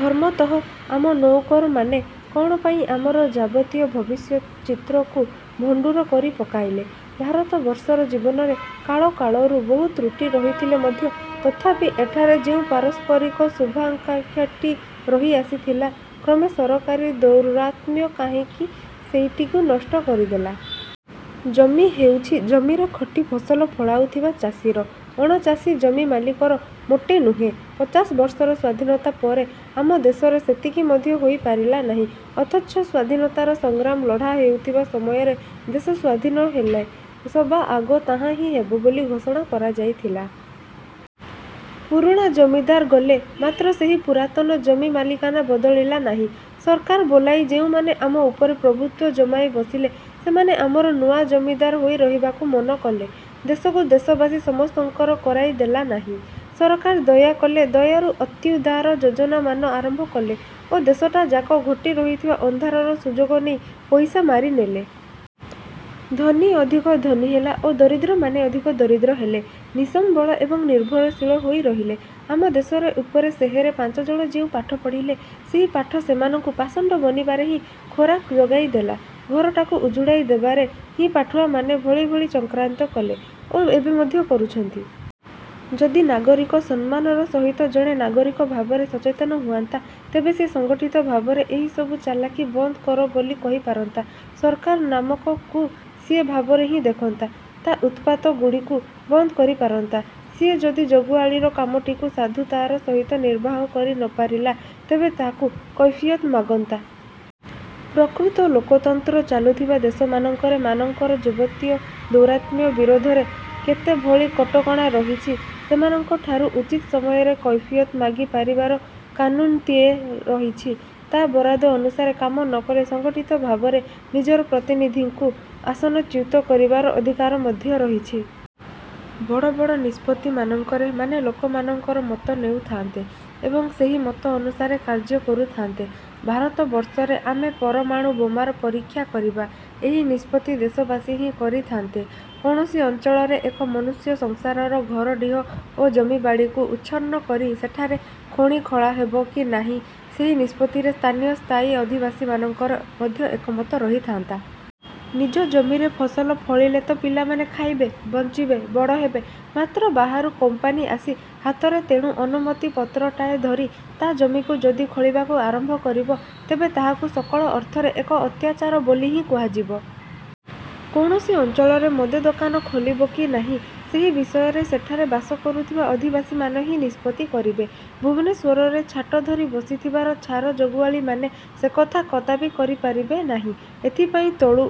ଧର୍ମତଃ ଆମ ନଉକରମାନେ କଣ ପାଇଁ ଆମର ଯାବତୀୟ ଭବିଷ୍ୟଚିତ୍ରକୁ ଭଣ୍ଡୁର କରି ପକାଇଲେ? ଭାରତବର୍ଷର ଜୀବନରେ କାଳ କାଳରୁ ବହୁ ତ୍ରୁଟି ରହିଥିଲେ ମଧ୍ୟ ତଥାପି ଏଠାରେ ଯେଉଁ ପାରସ୍ପରିକ ଶୁଭାକାଙ୍କ୍ଷାଟି ରହି ଆସିଥିଲା, କ୍ରମେ ସରକାରୀ ଦୌରାତ୍ମ୍ୟ କାହିଁକି ସେଇଟିକୁ ନଷ୍ଟ କରିଦେଲା? ଜମି ହେଉଛି ଜମିରେ ଖଟି ଫସଲ ଫଳାଉଥିବା ଚାଷୀର। ଅଣଚାଷୀ ଜମିମାଲିକର ମୋଟେ ନୁହେଁ। ପଚାଶବର୍ଷର ସ୍ଵାଧୀନତା ପରେ ଆମ ଦେଶରେ ସେତିକି ମଧ୍ୟ ହୋଇପାରିଲା ନାହିଁ। ଅଥଚ ସ୍ଵାଧୀନତାର ସଂଗ୍ରାମ ଲଢ଼ା ହେଉଥିବା ସମୟରେ ଦେଶ ସ୍ୱାଧୀନ ହେଲେ ସବା ଆଗ ତାହା ହିଁ ହେବ ବୋଲି ଘୋଷଣା କରାଯାଇଥିଲା। ପୁରୁଣା ଜମିଦାର ଗଲେ, ମାତ୍ର ସେହି ପୁରାତନ ଜମିମାଲିକାନା ବଦଳିଲା ନାହିଁ। ସରକାର ବୋଲାଇ ଯେଉଁମାନେ ଆମ ଉପରେ ପ୍ରଭୁତ୍ଵ ଜମାଇ ବସିଲେ, ସେମାନେ ଆମର ନୂଆ ଜମିଦାର ହୋଇ ରହିବାକୁ ମନ କଲେ। ଦେଶକୁ ଦେଶବାସୀ ସମସ୍ତଙ୍କର କରାଇ ଦେଲେ ନାହିଁ। ସରକାର ଦୟା କଲେ, ଦୟାର ଅତ୍ୟୁଦାର ଯୋଜନାମାନ ଆରମ୍ଭ କଲେ ଓ ଦେଶଟା ଯାକ ଘୋଟି ରହିଥିବା ଅନ୍ଧାରର ସୁଯୋଗ ନେଇ ପଇସା ମାରିନେଲେ। ଧନୀ ଅଧିକ ଧନୀ ହେଲା ଓ ଦରିଦ୍ରମାନେ ଅଧିକ ଦରିଦ୍ର ହେଲେ। ନିଃସମ୍ବଳ ଏବଂ ନିର୍ଭରଶୀଳ ହୋଇ ରହିଲେ। ଆମ ଦେଶରେ ଉପରେ ଶହେରେ ପାଞ୍ଚଜଣ ଯେଉଁ ପାଠ ପଢ଼ିଲେ, ସେହି ପାଠ ସେମାନଙ୍କୁ ପାଷଣ୍ଡ ବନିବାରେ ହିଁ ଖୋରାକ ଯୋଗାଇ ଦେଲା। ଘରଟାକୁ ଉଜୁଡାଇ ଦେବାରେ ହିଁ ପାଠୁଆମାନେ ଭଳି ଭଳି ଚକ୍ରାନ୍ତ କଲେ ଓ ଏବେ ମଧ୍ୟ କରୁଛନ୍ତି। ଯଦି ନାଗରିକ ସମ୍ମାନର ସହିତ ଜଣେ ନାଗରିକ ଭାବରେ ସଚେତନ ହୁଅନ୍ତା, ତେବେ ସିଏ ସଂଗଠିତ ଭାବରେ ଏହି ସବୁ ଚାଲାଖି ବନ୍ଦ କରବୋଲି କହିପାରନ୍ତା। ସରକାର ନାମକ କୁ ସିଏ ଭାବରେ ହିଁ ଦେଖନ୍ତା। ତା' ଊତ୍ପାତ ଗୁଡ଼ିକୁ ବନ୍ଦ କରିପାରନ୍ତା। ସିଏ ଯଦି ଜଗୁଆଳୀର କାମଟିକୁ ସାଧୁତାର ସହିତ ନିର୍ବାହ କରି ନପାରିଲା, ତେବେ ତାକୁ କୈଫିୟତ ମାଗନ୍ତା। ପ୍ରକୃତ ଲୋକତନ୍ତ୍ର ଚାଲୁଥିବା ଦେଶମାନଙ୍କରେ ମାନଙ୍କର ଯାବତୀୟ ଦୌରାତ୍ମ୍ୟ ବିରୋଧରେ କେତେ ଭଳି କଟକଣା ରହିଛି। ସେମାନଙ୍କ ଠାରୁ ଉଚିତ ସମୟରେ କୈଫିୟତ ମାଗି ପାରିବାର କାନୁନ୍ଟିଏ ରହିଛି। ତା' ବରାଦ ଅନୁସାରେ କାମ ନକଲେ ସଂଗଠିତ ଭାବରେ ନିଜର ପ୍ରତିନିଧିଙ୍କୁ ଆସନଚ୍ୟୁତ କରିବାର ଅଧିକାର ମଧ୍ୟ ରହିଛି। ବଡ଼ ବଡ଼ ନିଷ୍ପତ୍ତିମାନଙ୍କରେ ମାନେ ଲୋକମାନଙ୍କର ମତ ନେଉଥାନ୍ତେ ଏବଂ ସେହି ମତ ଅନୁସାରେ କାର୍ଯ୍ୟ କରୁଥାନ୍ତେ। ଭାରତବର୍ଷରେ ଆମେ ପରମାଣୁ ବୋମାର ପରୀକ୍ଷା କରିବା, ଏହି ନିଷ୍ପତ୍ତି ଦେଶବାସୀ ହିଁ କରିଥାନ୍ତେ। କୌଣସି ଅଞ୍ଚଳରେ ଏକ ମନୁଷ୍ୟସଂସାରର ଘରଡ଼ିହ ଓ ଜମିବାଡ଼ିକୁ ଉଚ୍ଛନ୍ନ କରି ସେଠାରେ ଖଣି ଖୋଳା ହେବ କି ନାହିଁ ସେହି ନିଷ୍ପତ୍ତିରେ ସ୍ଥାନୀୟ ସ୍ଥାୟୀ ଅଧିବାସୀମାନଙ୍କର ମଧ୍ୟ ଏକମତ ରହିଥାନ୍ତା। ନିଜ ଜମିରେ ଫସଲ ଫଳିଲେ ତ ପିଲାମାନେ ଖାଇବେ, ବଂଚିବେ, ବଡ଼ ହେବେ। ମାତ୍ର ବାହାରୁ କୋମ୍ପାନୀ ଆସି ହାତରେ ତେଣୁ ଅନୁମତିପତ୍ରଟାଏ ଧରି ତା ଜମିକୁ ଯଦି ଖୋଳିବାକୁ ଆରମ୍ଭ କରିବ, ତେବେ ତାହାକୁ ସକଳ ଅର୍ଥରେ ଏକ ଅତ୍ୟାଚାର ବୋଲି ହିଁ କୁହାଯିବ। କୌଣସି ଅଂଚଳରେ ମଦ ଦୋକାନ ଖୋଲିବ କି ନାହିଁ, ସେହି ବିଷୟରେ ସେଠାରେ ବାସ କରୁଥିବା ଅଧିବାସୀମାନେ ହିଁ ନିଷ୍ପତ୍ତି କରିବେ। ଭୁବନେଶ୍ୱରରେ ଛାଟ ଧରି ବସିଥିବା ଛାର ଜଗୁଆଳୀମାନେ ସେକଥା କଦାପି କରିପାରିବେ ନାହିଁ। ଏଥିପାଇଁ ତଳୁ